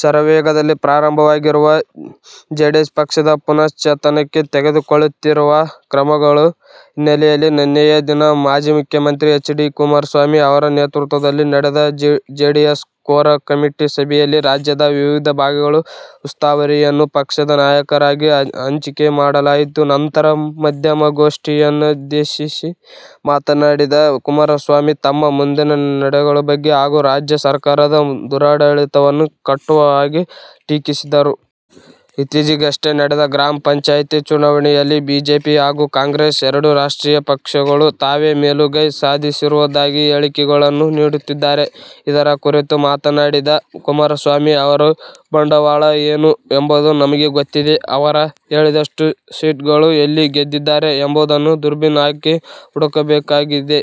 ಶರವೇಗದಲ್ಲಿ ಪ್ರಾರಂಭವಾಗಿರುವ ಜೆಡಿಎಸ್ ಪಕ್ಷದ ಪುನಶ್ಚೇತನಕ್ಕೆ ತೆಗೆದುಕೊಳ್ಳುತ್ತಿರುವ ಕ್ರಮಗಳ ಹಿನ್ನಲೆಯಲ್ಲಿ ನೆನ್ನೆಯ ದಿನ ಮಾಜಿ ಮುಖ್ಯಮಂತ್ರಿ ಹೆಚ್. ಡಿ ಕುಮಾರಸ್ವಾಮಿ ಅವರ ನೇತೃತ್ವದಲ್ಲಿ ನಡೆದ ಜೆಡಿಎಸ್ ಕೋರ್ ಕಮಿಟಿ ಸಭೆಯಲ್ಲಿ ರಾಜ್ಯದ ವಿವಿಧ ಭಾಗಗಳ ಉಸ್ತುವಾರಿಯನ್ನು ಪಕ್ಷದ ನಾಯಕರಿಗೆ ಹಂಚಿಕೆ ಮಾಡಲಾಯಿತು. ನಂತರ ಮಾಧ್ಯಮಘೋಷ್ಠಿಯನ್ನುದ್ದೇಶಿಸಿ ಮಾತನಾಡಿದ ಕುಮಾರಸ್ವಾಮಿ ತಮ್ಮ ಮುಂದಿನ ನಡೆಗಳ ಬಗ್ಗೆ ಹಾಗು ರಾಜ್ಯ ಸರ್ಕಾರದ ದುರಾಡಳಿತವನ್ನು ಕಟುವಾಗಿ ಟೀಕಿಸಿದರು. ಇತ್ತೀಚೆಗಷ್ಟೇ ನಡೆದ ಗ್ರಾಮ ಪಂಚಾಯಿತಿ ಚುನಾವಣೆಯಲ್ಲಿ ಬಿಜೆಪಿ ಹಾಗು ಕಾಂಗ್ರೆಸ್ ಎರಡೂ ರಾಷ್ಟ್ರೀಯ ಪಕ್ಷಗಳು ತಾವೇ ಮೇಲುಗೈ ಸಾಧಿಸಿರುವುದಾಗಿ ಹೇಳಿಕೆಗಳನ್ನು ನೀಡುತ್ತಿದ್ದಾರೆ. ಇದರ ಕುರಿತು ಮಾತನಾಡಿದ ಕುಮಾರಸ್ವಾಮಿ 'ಅವರ ಬಂಡವಾಳ ಏನು ಎಂಬುದು ನಮಗೆ ಗೊತ್ತಿದೆ. ಅವರು ಹೇಳಿದಷ್ಟು ಸೀಟುಗಳು ಎಲ್ಲಿ ಗೆದ್ದಿದ್ದಾರೆ ಎಂಬುದನ್ನು ದುರ್ಬಿನ್ ಹಾಕಿ ಹುಡುಕಬೇಕಾಗಿದೆ.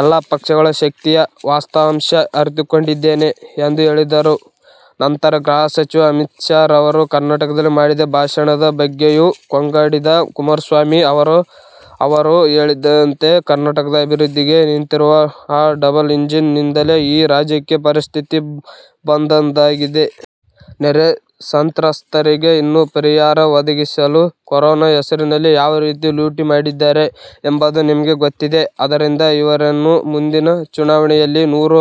ಎಲ್ಲಾ ಪಕ್ಷಗಳ ಶಕ್ತಿಯ ವಾಸ್ತವಾಂಶ ಅರಿತುಕೊಂಡಿದ್ದೇನೆ' ಎಂದು ಹೇಳಿದರು. ನಂತರ ಗೃಹ ಸಚಿವ ಅಮಿತ್ ಶಾ ರವರು ಕರ್ನಾಟಕದಲ್ಲಿ ಮಾಡಿದ ಭಾಷಣದ ಬಗ್ಗೆಯೂ ಕೊಂಕಾಡಿದ ಕುಮಾರಸ್ವಾಮಿ ಅವರು ' ಅವರು ಹೇಳಿದಂತೆ ಕರ್ನಾಟಕದ ಅಭಿವೃದ್ಧಿಗೆ ನಿಂತಿರುವ ಆ ಡಬಲ್ ಇಂಜಿನ್ ನಿಂದಲೇ ಈ ರಾಜ್ಯಕ್ಕೆ ಪರಿಸ್ಥಿತಿ ಬಂದೊದಗಿದೆ. ನೆರೆ ಸಂತ್ರಸ್ತರಿಗೆ ಇನ್ನು ಪರಿಹಾರ ಒದಗಿಸಿಲ್ಲ. ಕೊರೋನಾ ಹೆಸರಿನಲ್ಲಿ ಯಾವ ರೀತಿ ಲೂಟಿ ಮಾಡಿದ್ದಾರೆ ಎಂಬುದು ನಿಮಗೇ ಗೊತ್ತಿದೆ. ಆದ್ದರಿಂದ ಇವರೇನು ಮುಂದಿನ ಚುನಾವಣೆಯಲ್ಲಿ ನೂರ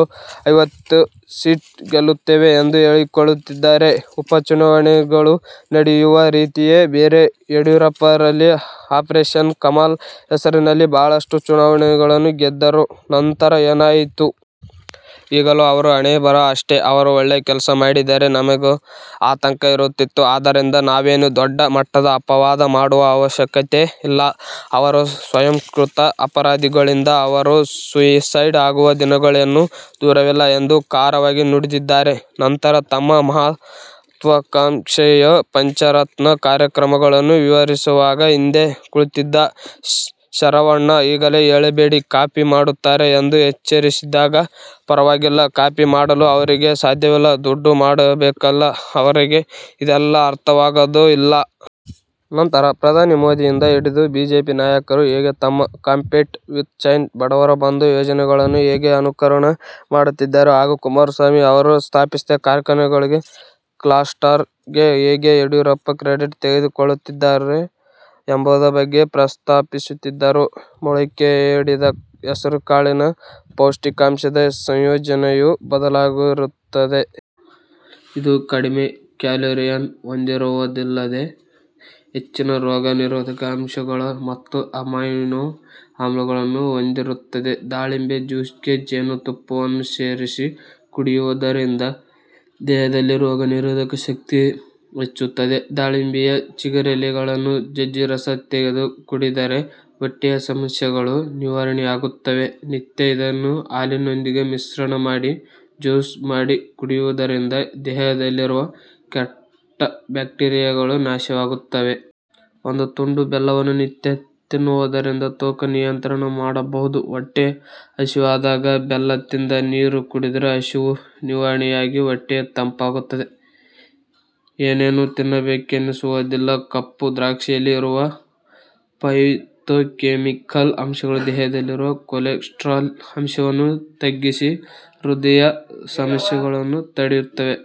ಐವತ್ತು ಸೀಟ್ ಗೆಲ್ಲುತ್ತೇವೆ ಎಂದು ಹೇಳಿಕೊಳ್ಳುತ್ತಿದ್ದಾರೆ, ಉಪಚುನಾವಣೆಗಳು ನಡೆಯುವ ರೀತಿಯೇ ಬೇರೆ. ಯಡಿಯೂರಪ್ಪ ರಲ್ಲಿ ಆಪರೇಷನ್ ಕಮಲಾ ಹೆಸರಿನಲ್ಲಿ ಬಹಳಷ್ಟು ಚುನಾವಣೆಗಳನ್ನು ಗೆದ್ದರು, ನಂತರ ಏನಾಯಿತು. ಈಗಲೂ ಅವರ ಹಣೆಬರಹ ಅಷ್ಟೇ. ಅವರು ಒಳ್ಳೆ ಕೆಲಸ ಮಾಡಿದ್ದಾರೆ ನಮಗೆ ಆತಂಕ ಇರುತ್ತಿತ್ತು. ಆದ್ದರಿಂದ ನಾವೇನು ದೊಡ್ಡ ಮಟ್ಟದ ಅಪವಾಧ ಮಾಡುವ ಅವಶ್ಯಕತೆ ಇಲ್ಲ, ಅವರ ಸ್ವಯಂಕೃತ ಅಪರಾಧಗಳಿಂದ ಅವರ ಸುಯಿಸೈಡ್ ಆಗುವ ದಿನಗಳೇನು ದೂರವಿಲ್ಲ ಎಂದು ಖಾರವಾಗಿ ನುಡಿದಿದ್ದಾರೆ. ನಂತರ ತಮ್ಮ ಮಹತ್ವಾಕಾಂಕ್ಷೆಯ ಪಂಚರತ್ನ ಕಾರ್ಯಕ್ರಮಗಳನ್ನು ವಿವರಿಸುವಾಗ ಹಿಂದೆ ಕುಳಿತಿದ್ದ ಶರವಣ ಈಗಲೇ ಹೇಳಬೇಡಿ ಕಾಪಿ ಮಾಡುತ್ತಾರೆ ಎಂದು ಎಚ್ಚರಿಸಿದಾಗ, ಪರವಾಗಿಲ್ಲ ಕಾಪಿ ಮಾಡಲು ಅವರಿಗೆ ಸಾಧ್ಯವಿಲ್ಲ, ದುಡ್ಡು ಮಾಡಬೇಕಲ್ಲ ಅವರಿಗೆ ಇದೆಲ್ಲ ಅರ್ಥವಾಗೋದು ಇಲ್ಲ. ನಂತರ ಪ್ರಧಾನಿ ಮೋದಿಯಿಂದ ಹಿಡಿದು ಬಿಜೆಪಿ ನಾಯಕರು ಹೇಗೆ ತಮ್ಮ'ಕಾಂಪೀಟ್ ವಿಥ್ ಚೈನಾ', 'ಬಡವರ ಬಂಧು' ಯೋಜನೆಗಳನ್ನು ಹೇಗೆ ಅನುಕರಣ ಮಾಡುತ್ತಿದ್ದಾರೆ ಹಾಗು ಕುಮಾರಸ್ವಾಮಿ ಅವರು ಸ್ಥಾಪಿಸಿದ ಕಾರ್ಖಾನೆಗಳ ಕ್ಲಸ್ಟರ್ ಗೆ ಹೇಗೆ ಯಡಿಯೂರಪ್ಪ ಕ್ರೆಡಿಟ್ ತೆಗೆದುಕೊಳ್ಳುತ್ತಿದ್ದಾರೆ ಎಂಬುದರ ಬಗ್ಗೆ ಪ್ರಸ್ತಾಪಿಸಿದರು. ಮೊಳಕೆಯೊಡೆದ ಹೆಸರು ಕಾಳಿನ ಪೌಷ್ಟಿಕಾಂಶದ ಸಂಯೋಜನೆಯು ಬದಲಾಗಿರುತ್ತದೆ. ಇದು ಕಡಿಮೆ ಕ್ಯಾಲೋರಿಯನ್ನು ಹೊಂದಿರುವುದಲ್ಲದೇ, ಹೆಚ್ಚಿನ ರೋಗ ನಿರೋಧಕ ಅಂಶಗಳು ಮತ್ತು ಅಮೈನೋ ಆಮ್ಲಗಳನ್ನು ಹೊಂದಿರುತ್ತದೆ. ದಾಳಿಂಬೆ ಜ್ಯೂಸ್ಗೆ ಜೇನು ತುಪ್ಪವನ್ನು ಸೇರಿಸಿ ಕುಡಿಯುವುದರಿಂದ ದೇಹದಲ್ಲಿ ರೋಗ ನಿರೋಧಕ ಶಕ್ತಿ ಹೆಚ್ಚುತ್ತದೆ. ದಾಳಿಂಬೆಯ ಚಿಗುರೆಲೆಗಳನ್ನು ಜಜ್ಜಿ ರಸ ತೆಗೆದು ಕುಡಿದರೆ ಹೊಟ್ಟೆಯ ಸಮಸ್ಯೆಗಳು ನಿವಾರಣೆಯಾಗುತ್ತವೆ. ನಿತ್ಯ ಇದನ್ನು ಹಾಲಿನೊಂದಿಗೆ ಮಿಶ್ರಣ ಮಾಡಿ, ಜ್ಯೂಸ್ ಮಾಡಿ ಕುಡಿಯುವುದರಿಂದ ದೇಹದಲ್ಲಿರುವ ಕೆಟ್ಟ ಬ್ಯಾಕ್ಟೀರಿಯಾಗಳು ನಾಶವಾಗುತ್ತವೆ. ಒಂದು ತುಂಡು ಬೆಲ್ಲವನ್ನು ನಿತ್ಯ ತಿನ್ನುವುದರಿಂದ ತೂಕ ನಿಯಂತ್ರಣ ಮಾಡಬಹುದು. ಹೊಟ್ಟೆ ಹಸಿವಾದಾಗ ಬೆಲ್ಲ ತಿಂದು ನೀರು ಕುಡಿದರೆ ಹಸಿವು ನಿವಾರಣೆಯಾಗಿ ಹೊಟ್ಟೆ ತಂಪಾಗುತ್ತದೆ. ಏನೇನೋ ತಿನ್ನಬೇಕೆನಿಸುವುದಿಲ್ಲ. ಕಪ್ಪು ದ್ರಾಕ್ಷಿಯಲ್ಲಿ ಇರುವ ಫೈಥೋಕೆಮಿಕಲ್ ಅಂಶಗಳು ದೇಹದಲ್ಲಿರುವ ಕೊಲೆಸ್ಟ್ರಾಲ್ ಅಂಶವನ್ನು ತಗ್ಗಿಸಿ ಹೃದಯ ಸಮಸ್ಯೆಗಳನ್ನು ತಡೆಯುತ್ತವೆ.